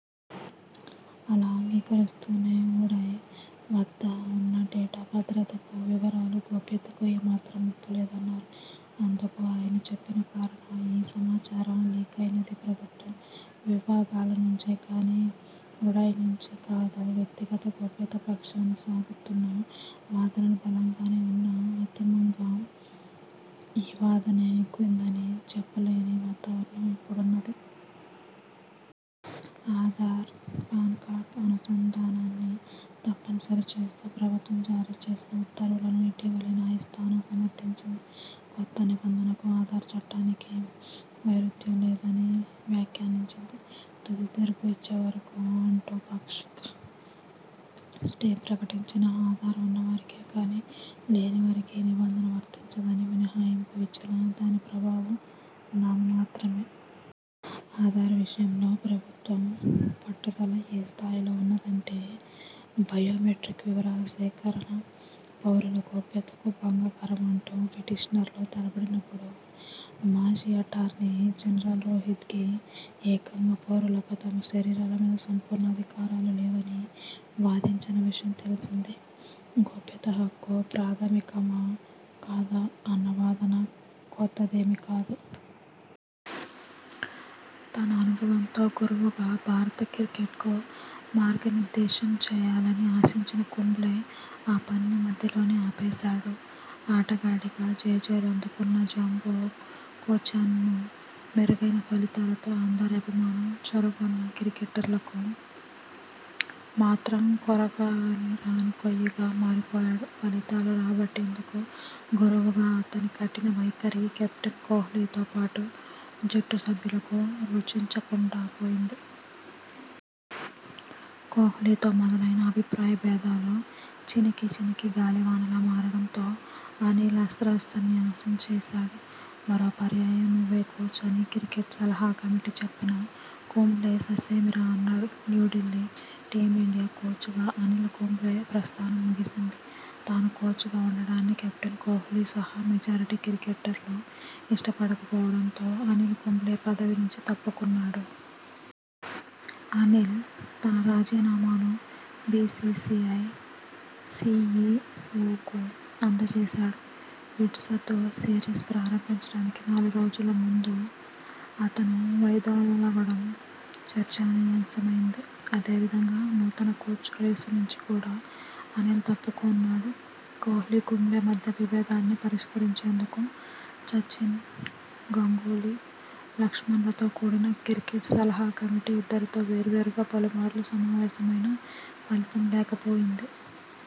అలా, అంగీకరిస్తూనే ఉడాయ్ వద్ద ఉన్న డేటా భద్రతకు, వివరాల గోప్యతకు ఏమాత్రం ముప్పులేదన్నారు. అందుకు ఆయన చెప్పిన కారణం, ఈ సమాచారం లీకైనది ప్రభుత్వ విభాగాలనుంచే కానీ, ఉడాయ్ నుంచి కాదు. వ్యక్తిగత గోప్యత పక్షాన సాగుతున్న వాదనలు బలంగానే ఉన్నా, అంతిమంగా ఈ వాదనే నెగ్గుతుందని చెప్పలేని వాతావరణం ఇప్పుడున్నది. ఆధార్–పాన్కార్డు అనుసంధానాన్ని తప్పనిసరి చేస్తూ ప్రభుత్వం జారీ చేసిన ఉత్తర్వులను ఇటీవలే న్యాయస్థానం సమర్థించింది. కొత్త నిబంధనకు, ఆధార్ చట్టానికీ వైరుధ్యంలేదని వ్యాఖ్యానించింది. తుది తీర్పు ఇచ్చేవరకూ అంటూ పాక్షిక స్టే ప్రకటించినా, ఆధార్ ఉన్నవారికే కానీ, లేనివారికి ఈ నిబంధన వర్తించదని మినహాయింపు ఇచ్చినా దాని ప్రభావం నామమాత్రమే. ఆధార్ విషయంలో ప్రభుత్వం పట్టుదల ఏ స్థాయిలో ఉన్నదంటే, బయోమెట్రిక్ వివరాల సేకరణ పౌరుల గోప్యతకు భంగకరం అంటూ పిటిషనర్లు తలబడినప్పుడు మాజీ అటార్నీ జనరల్ రొహిత్గీ ఏకంగా పౌరులకు తమ శరీరాలమీద సంపూర్ణాధికారాలు లేవని వాదించిన విషయం తెలిసిందే. గోప్యత హక్కు ప్రాథమికమా కాదా అన్న వాదన కొత్తదేమీ కాదు. తన అనుభవంతో గురువుగా భారత క్రికెట్కు మార్గనిర్దేశం చేయాలని ఆశించిన కుంబ్లే ఆ పనిని మధ్యలోనే ఆపేశాడు! ఆటగాడిగా జేజేలు అందుకున్న జంబో కోచ్గానూ మెరుగైన ఫలితాలతో అందరి అభిమానం చూరగొన్నా క్రికెటర్లకు మాత్రం కొరకరాని కొయ్యగా మారిపోయాడు! ఫలితాలు రాబట్టేందుకు గురువుగా అతని కఠిన వైఖరి కెప్టెన్ కోహ్లీతో పాటు జట్టు సభ్యులకు రుచించకుండా పోయింది! కోహ్లీతో మొదలైన అభిప్రాయ భేదాలు చినికిచినికి గాలివానలా మారడంతో అనిల్ అస్త్రసన్యాసం చేశాడు. 'మరో పర్యాయం నువ్వే కోచ్' అని క్రికెట్ సలహా కమిటీ చెప్పినా కుంబ్లే ససేమిరా అన్నాడు. న్యూఢిల్లీ: టీమిండియా కోచ్గా అనిల్ కుంబ్లే ప్రస్థానం ముగిసింది. తాను కోచ్గా ఉండడాన్ని కెప్టెన్ కోహ్లీ సహా మెజారిటీ క్రికెటర్లు ఇష్టపడకపోవడంతో అనిల్ కుంబ్లే పదవి నుంచి తప్పుకున్నాడు. అనిల్ తన రాజీనామాను బీసీసీఐ సీఈవోకు అందజేశాడు. విండీ్సతో సిరీస్ ప్రారంభానికి నాలుగు రోజుల ముందు అతను వైదొలగడం చర్చనీయాంశమైంది. అదే విధంగా నూతన కోచ్ రేసు నుంచి కూడా అనిల్ తప్పుకొన్నాడు. కోహ్లీ-కుంబ్లే మధ్య విభేదాల్ని పరిష్కరించేం దుకు సచిన్, గంగూలీ, లక్ష్మణ్లతో కూడిన క్రికెట్ సలహా కమిటీ ఇద్దరితో వేర్వేరుగా పలుమార్లు సమావేశమైనా ఫలితం లేకపోయింది.